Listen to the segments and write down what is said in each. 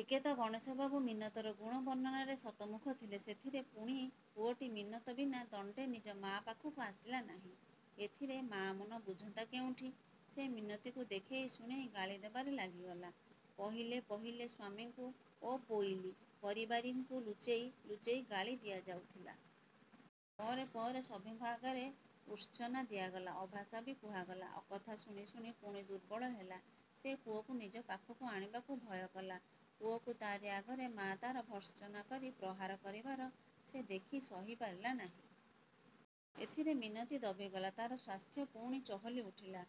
ଏକେତ ଗଣେଶ ବାବୁ ମିନତର ଗୁଣ ବର୍ଣ୍ଣନାରେ ଶତମୁଖ ଥିଲେ, ସେଥିରେ ପୁଣି ପୁଅଟି ମିନତ ବିନା ଦଣ୍ଡେ ନିଜ ମା' ପାଖକୁ ଆସିଲା ନାହିଁ। ଏଥିରେ ମା'ମନ ବୁଝନ୍ତା କେଉଁଠି। ସେ ମିନତିକୁ ଦେଖେଇ ଶୁଣେଇ ଗାଳି ଦବାରେ ଲାଗିଗଲା। ପହିଲେ ପହିଲେ ସ୍ୱାମୀଙ୍କୁ ଓ ପୋଇଲୀ ପରିବାରୀଙ୍କୁ ଲୁଚେଇ ଲୁଚେଇ ଗାଳି ଦିଆଯାଉଥିଲା। ପରେ ପରେ ସଭିଙ୍କ ଆଗରେ ଉର୍ତ୍ସନା ଦିଆଗଲା, ଅଭାଷା ବି କୁହାଗଲା। ଅକଥା ଶୁଣି ଶୁଣି ପୁଣି ଦୁର୍ବଳ ହେଲା। ସେ ପୁଅକୁ ନିଜ ପାଖକୁ ଆଣିବାକୁ ଭୟକଲା। ପୁଅକୁ ତାରି ଆଗରେ ମା' ତାର ଭର୍ତ୍ସନା କରି ପ୍ରହାର କରିବାର ସେ ଦେଖି ସହି ପାରିଲା ନାହିଁ। ଏଥିରେ ମିନତି ଦବିଗଲା। ତାର ସ୍ୱାସ୍ଥ୍ୟ ପୁଣି ଚହଲି ଉଠିଲା।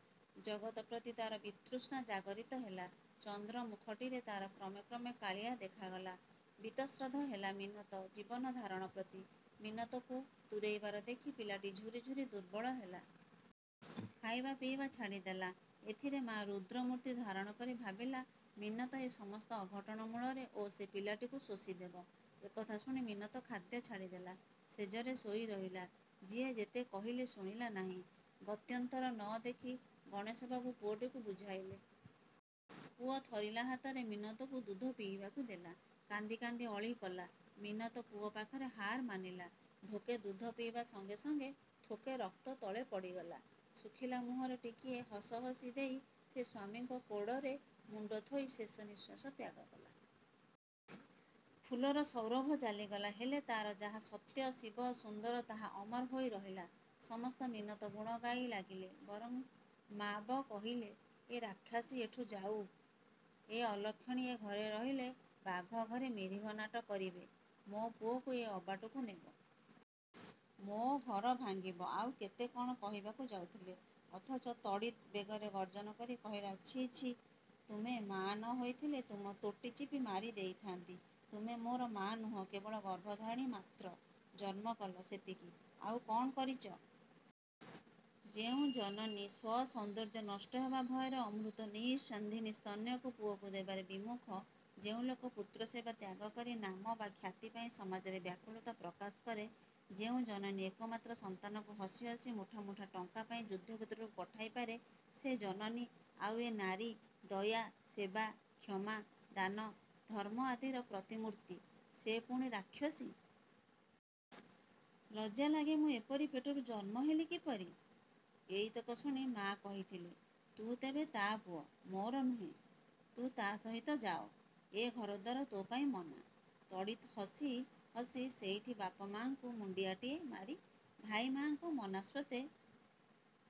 ଜଗତ ପ୍ରତି ତାର ବିତୃଷ୍ଣା ଜାଗରିତ ହେଲା। ଚନ୍ଦ୍ର ମୁଖଟିରେ ତାର କ୍ରମେ କ୍ରମେ କାଳିଆ ଦେଖାଗଲା। ବିତଶ୍ରଦ୍ଧ ହେଲା ମିନତ ଜୀବନଧାରଣ ପ୍ରତି। ମିନତକୁ ଦୂରେଇବାର ଦେଖି ପିଲାଟି ଝୁରି ଝୁରି ଦୁର୍ବଳ ହେଲା। ଖାଇବା ପିଇବା ଛାଡ଼ିଦେଲା। ଏଥିରେ ମା' ରୁଦ୍ର ମୂର୍ତ୍ତି ଧାରଣା କରି ଭାବିଲା ମିନତ ଏ ସମସ୍ତ ଅଘଟଣ ମୂଳରେ ଓ ସେ ପିଲାଟିକୁ ଶୋଷିଦେବ। ଏକଥା ଶୁଣି ମିନତ ଖାଦ୍ୟ ଛାଡ଼ିଦେଲା। ଶେଯରେ ଶୋଇ ରହିଲା। ଯିଏ ଯେତେ କହିଲେ ଶୁଣିଲା ନାହିଁ। ଗତ୍ୟନ୍ତର ନ ଦେଖି ଗଣେଶବାବୁ ପୁଅଟିକୁ ବୁଝାଇଲେ। ପୁଅ ଥରିଲା ହାତରେ ମିନତକୁ ଦୁଧ ପିଇବାକୁ ଦେଲା। କାନ୍ଦି କାନ୍ଦି ଅଳି କଲା। ମିନତ ପୁଅ ପାଖରେ ହାର ମାନିଲା, ଢୋକେ ଦୁଧ ପିଇବା ସଙ୍ଗେ ସଙ୍ଗେ ଥୋକେ ରକ୍ତ ତଳେ ପଡ଼ିଗଲା। ଶୁଖିଲା ମୁହଁରେ ଟିକିଏ ହସ ହସି ଦେଇ ସେ ସ୍ୱାମୀଙ୍କ କୋଡ଼ରେ ମୁଣ୍ଡ ଥୋଇ ଶେଷ ନିଶ୍ୱାସ ତ୍ୟାଗ କଲା। ଫୁଲର ସୌରଭ ଚାଲିଗଲା। ହେଲେ ତାର ଯାହା ସତ୍ୟ-ଶିବ-ସୁନ୍ଦର ତାହା ଅମର ହୋଇ ରହିଲା। ସମସ୍ତେ ମିନତ ଗୁଣ ଗାଇ ଲାଗିଲେ। ବରଂ ମା'ବ କହିଥିଲେ-ଏ ରାକ୍ଷସୀ ଏଠୁ ଯାଉ। ଏ ଅଲକ୍ଷଣୀ ଏ ଘରେ ରହିଲେ ବାଘ ଘରେ ମିରିଗ ନାଟ କରିବେ, ମୋ ପୁଅକୁ ଏ ଅବାଟକୁ ନେବ। ମୋ ଘର ଭାଙ୍ଗିବ-ଆଉ କେତେ କଣ କହିବାକୁ ଯାଉଥିଲେ, ଅଥଚ ତଡ଼ିତ୍ ବେଗରେ ଗର୍ଜନ କରି କହିଲା-ଛି, ଛି, ତୁମେ ମାଆ ନ ହୋଇଥିଲେ ତୁମ ତୋଟି ଚିପି ମାରି ଦେଇଥାଆନ୍ତି। ତୁମେ ମୋର ମା' ନୁହଁ, କେବଳ ଗର୍ଭଧାରଣୀ ମାତ୍ର। ଜନ୍ମ କଲ, ସେତିକି, ଆଉ କ'ଣ କରିଚ? ଯେଉଁ ଜନନୀ ସ୍ୱସୌନ୍ଦର୍ଯ୍ୟ ନଷ୍ଟ ହେବା ଭୟରେ ଅମୃତ ନିଃସ୍ୟନ୍ଦିନୀ ସ୍ତନ୍ୟକୁ ପୁଅକୁ ଦେବାରେ ବିମୁଖ ଯେଉଁ ଲୋକ ପୁତ୍ରସେବା ତ୍ୟାଗ କରି ନାମ ବା ଖ୍ୟାତି ପାଇଁ ସମାଜରେ ବ୍ୟାକୁଳତା ପ୍ରକାଶ କରେ, ଯେଉଁ ଜନନୀ ଏକମାତ୍ର ସନ୍ତାନକୁ ହସି ହସି ମୁଠା ମୁଠା ଟଙ୍କା ପାଇଁ ଯୁଦ୍ଧକ୍ଷେତ୍ରକୁ ପଠାଇ ପାରେ ସେ ଜନନୀ-ଆଉ ଏ ନାରୀ, ଦୟା, ସେବା, କ୍ଷମା, ଦାନ, ଧର୍ମ ଆଦିର ପ୍ରତିମୂର୍ତ୍ତି, ସେ ପୁଣି ରାକ୍ଷସୀ? ଲଜ୍ଜା ଲାଗେ ମୁଁ ଏପରି ପେଟରୁ ଜନ୍ମ ହେଲି କିପରି? ଏଇତକ ଶୁଣି ମା କହିଥିଲେ-ତୁ ତେବେ ତା ପୁଅ, ମୋର ନୁହେଁ, ତୁ ତା ସହିତ ଯାଅ-। ଏ ଘରଦ୍ୱାର ତୋ ପାଇଁ ମନା। ତଡ଼ିତ୍ ହସି ହସି ସେଇଠି ବାପ ମା'ଙ୍କୁ ମୁଣ୍ଡିଆଟିଏ ମାରି ଧାଈ ମା'ଙ୍କ ମନା ସତ୍ତ୍ୱେ